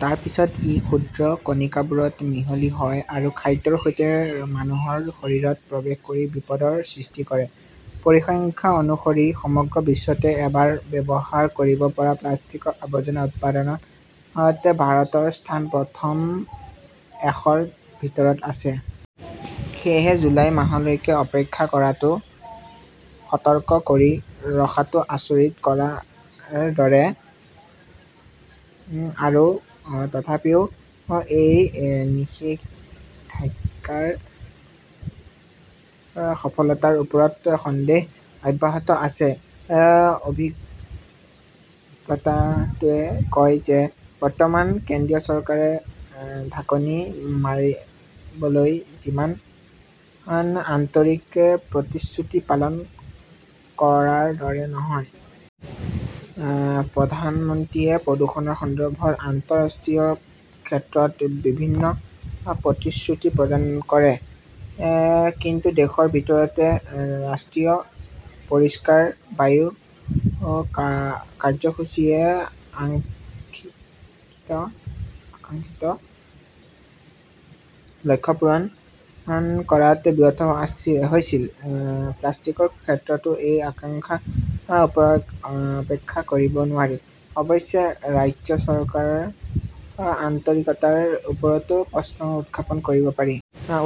তাৰ পিছত ই সূক্ষ্ম কণাবোৰত মিহলি হয় আৰু খাদ্যৰ সৈতে মানুহৰ শৰীৰত প্ৰৱেশ কৰি বিপদৰ সৃষ্টি কৰে। পৰিসংখ্যা অনুসৰি সমগ্ৰ বিশ্বতে এবাৰ ব্যৱহাৰ কৰিব পৰা প্লাষ্টিকৰ আৱৰ্জনা উৎপাদনত ভাৰতৰ স্থান প্ৰথম এশৰ ভিতৰত আছে। সেয়েহে, জুলাই মাহলৈকে অপেক্ষা কৰাটো, সতৰ্ক কৰি ৰখাটো আচৰিত কৰাৰ দৰে। আৰু তথাপিও এই নিষেধাজ্ঞাৰ সফলতাৰ ওপৰত সন্দেহ অব্যাহত আছে। অভিজ্ঞতাটোৱে কয় যে বৰ্তমানৰ কেন্দ্ৰীয় চৰকাৰে ঢাকনি মাৰিবলৈ যিমান আন্তৰিক, প্ৰতিশ্ৰুতি পালন কৰাৰ দৰে নহয়। প্ৰধানমন্ত্ৰীয়ে প্ৰদূষণৰ সন্দৰ্ভত আন্তঃৰাষ্ট্ৰীয় ক্ষেত্ৰত বিভিন্ন প্ৰতিশ্ৰুতি প্ৰদান কৰে। কিন্তু দেশৰ ভিতৰতে ৰাষ্ট্ৰীয় পৰিষ্কাৰ বায়ু কাৰ্যসূচীয়ে আকাংক্ষিত লক্ষ্য পূৰণ কৰাত ব্যৰ্থ হৈছিল। প্লাষ্টিকৰ ক্ষেত্ৰতো সেই আশংকা উপেক্ষা কৰিব নোৱাৰি। অৱশ্যে, ৰাজ্য চৰকাৰৰ আন্তৰিকতাৰ ওপৰতো প্ৰশ্ন উত্থাপন কৰিব পাৰি।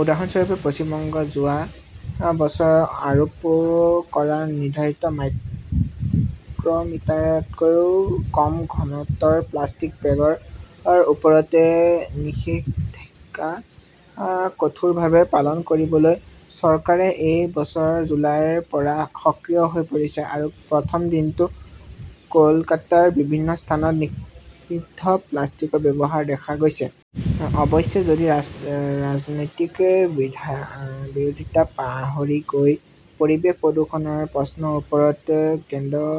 উদাহৰণস্বৰূপে, পশ্চিমবংগ। যোৱা বছৰ আৰোপ কৰা নিৰ্ধাৰিত মাইক্ৰমিটাৰতকৈ কম ঘনত্বৰ প্লাষ্টিক বেগৰ ওপৰত নিষেধাজ্ঞা কঠোৰভাৱে পালন কৰিবলৈ চৰকাৰে এই বছৰৰ জুলাইৰ পৰা সক্ৰিয় হৈ পৰিছে। আৰু প্ৰথম দিনতো কলকাতাৰ বিভিন্ন স্থানত নিষিদ্ধ প্লাষ্টিকৰ ব্যৱহাৰ দেখা গৈছে। অৱশ্যে, যদি ৰাজনৈতিক বিৰোধিতা পাহৰি গৈ পৰিৱেশ প্ৰদূষণৰ প্ৰশ্নৰ ওপৰত কেন্দ্ৰৰ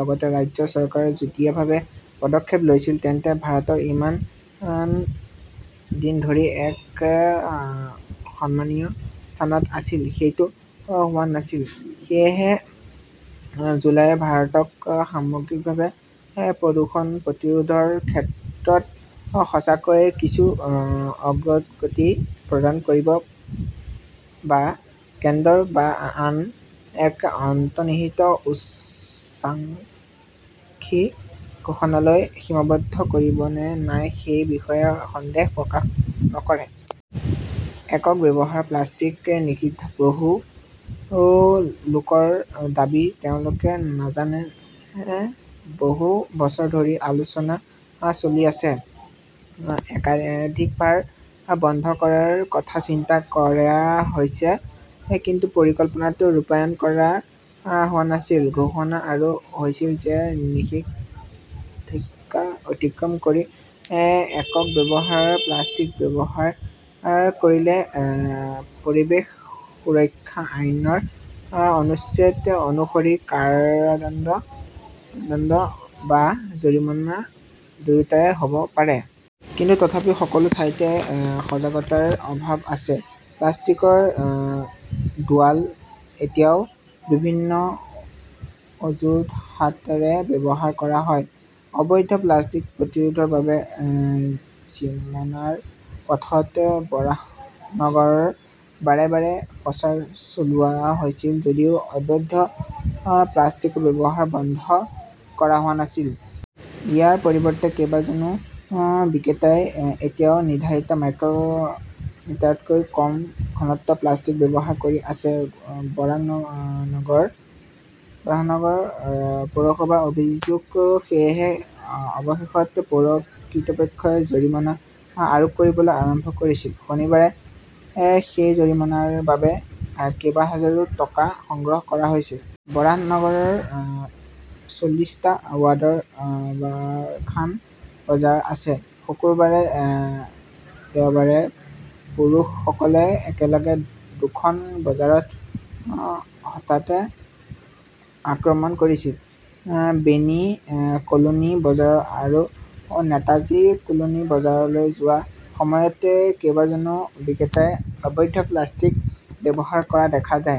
লগতে ৰাজ্য চৰকাৰে যুটীয়াভাৱে পদক্ষেপ লৈছিল তেন্তে ভাৰত ইমান দিন ধৰি এক সন্মানীয় স্থানত আছিল। সেইটো হোৱা নাছিল। সেয়েহে, জুলাইয়ে ভাৰতক সামগ্ৰিকভাৱে প্ৰদূষণ প্ৰতিৰোধৰ ক্ষেত্ৰত সঁচাকৈয়ে কিছু অগ্ৰগতি প্ৰদান কৰিব, বা কেন্দ্ৰৰ আন এক অন্তৰ্নিহিত উচ্চাকাংক্ষী ঘোষণালৈ সীমাবদ্ধ কৰিব নে নাই সেই বিষয়ে সন্দেহ প্ৰকাশ নকৰে। একক ব্যৱহাৰৰ প্লাষ্টিক নিষিদ্ধ, বহু লোকৰ দাবী তেওঁলোকে নাজানেনে? বহু বছৰ ধৰি আলোচনা চলি আছে। একাধিকবাৰ বন্ধ কৰাৰ কথা চিন্তা কৰা হৈছে। কিন্তু পৰিকল্পনাটো ৰূপায়ণ কৰা হোৱা নাছিল। ঘোষণা কৰা হৈছে যে নিষেধাজ্ঞা অতিক্ৰম কৰি একক ব্যৱহাৰৰ প্লাষ্টিক ব্যৱহাৰ কৰিলে পৰিৱেশ সুৰক্ষা আইনৰ অনুচ্ছেদ অনুসৰি কাৰাদণ্ড বা জৰিমনা বা দুয়োটাই হ'ব পাৰে। কিন্তু তথাপিও সকলো ঠাইতে সজাগতাৰ অভাৱ আছে। প্লাষ্টিকৰ দেৱাল এতিয়াও বিভিন্ন অজুহাতৰে ব্যৱহাৰ কৰা হয়। অবৈধ প্লাষ্টিক প্ৰতিৰোধৰ বাবে জৰিমনাৰ পথত বৰাহনগৰ বাৰে বাৰে প্ৰচাৰ চলোৱা হৈছিল যদিও অবৈধ প্লাষ্টিকৰ ব্যৱহাৰ বন্ধ কৰা হোৱা নাছিল। ইয়াৰ পৰিৱৰ্তে, কেইবাজনো বিক্ৰেতাই এতিয়াও নিৰ্ধাৰিত মাইক্ৰমিটাৰতকৈ কম ঘনত্বৰ প্লাষ্টিক ব্যৱহাৰ কৰি আছে, বৰাহনগৰ পৌৰসভাৰ অভিযোগ। সেয়েহে অৱশেষত পৌৰ কৰ্তৃপক্ষই জৰিমনা আৰোপ কৰিবলৈ আৰম্ভ কৰিছিল। শনিবাৰে সেই জৰিমনাৰ বাবে কেইবাহাজাৰ টকা সংগ্ৰহ কৰা হৈছিল। বৰাহনগৰৰ চৌত্ৰিশটা ৱাৰ্ডত বাৰখন বজাৰ আছে। শুক্ৰবাৰে দেওবাৰে পুৰুষসকলে একেলগে দুখন বজাৰত হঠাতে আক্ৰমণ কৰিছিল। বেনী কলোনী বজাৰ আৰু‌ নেতাজী কলোনী বজাৰলৈ যোৱাৰ সময়ত কেইবাজনো বিক্ৰেতাই অবৈধ প্লাষ্টিক ব্যৱহাৰ কৰা‌‌ দেখা যায়।